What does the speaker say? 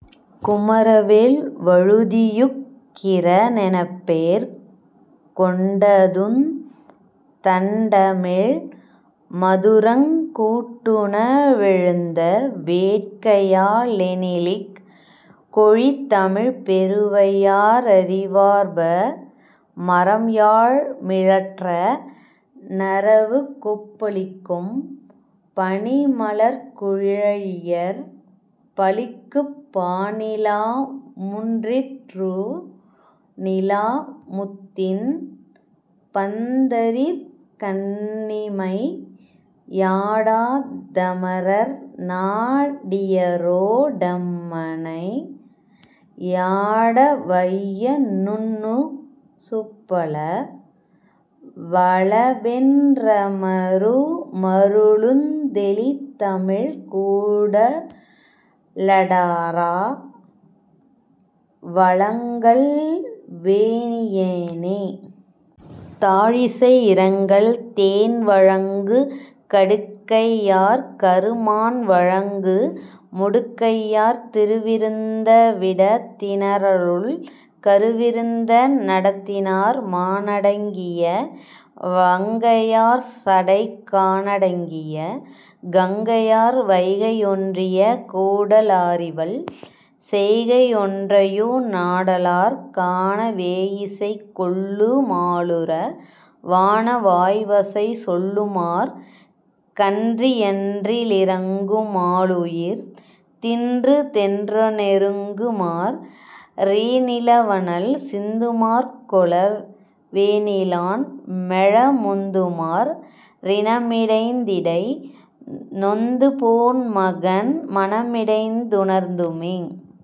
குமரவேள் வழுதி யுக்கிர னெனப்பேர் கொண்டதுந் தண்டமிழ் மதுரங் கூட்டுண வெழுந்த வேட்கையா லெனிலிக் கொழிதமிழ்ப் பெருவையா ரறிவார் பமரம்யாழ் மிழற்ற நறவுகொப் பளிக்கும் பனிமலர்க் குழலியர் பளிக்குப் பானிலா முன்றிற் றூநிலா முத்தின் பந்தரிற் கண்ணிமை யாடா தமரர்நா டியரோ டம்மனை யாட வையநுண் ணுசுப்பள வலவென் றமரரு மருளுந் தெளிதமிழ்க் கூட லடரா வலங்கல்வே ணியனே. தாழிசை இரங்கல் தேன்வழங்கு கடுக்கையார்கரு மான்வழங்கு முடுக்கையார் திருவிருந்த விடத்தினாரருள் கருவிருந்தந டத்தினார் மானடங்கிய வங்கையார்சடைக் கானடங்கிய கங்கையார் வைகையொன்றிய கூடலாரிவள் செய்கையொன்றையு நாடலார் கானவேயிசை கொல்லுமாலுற வானவாய்வசை சொல்லுமாற் கன்றியன்றி லிரங்குமாலுயிர் தின்றுதென் றனெருங்குமாற் றீநிலாவனல் சிந்துமாற்கொல வேனிலான்மெல முந்துமாற் றினமிடைந்திடை நொந்தபோன்மகண் மனமிடைந்த துணர்ந்துமே.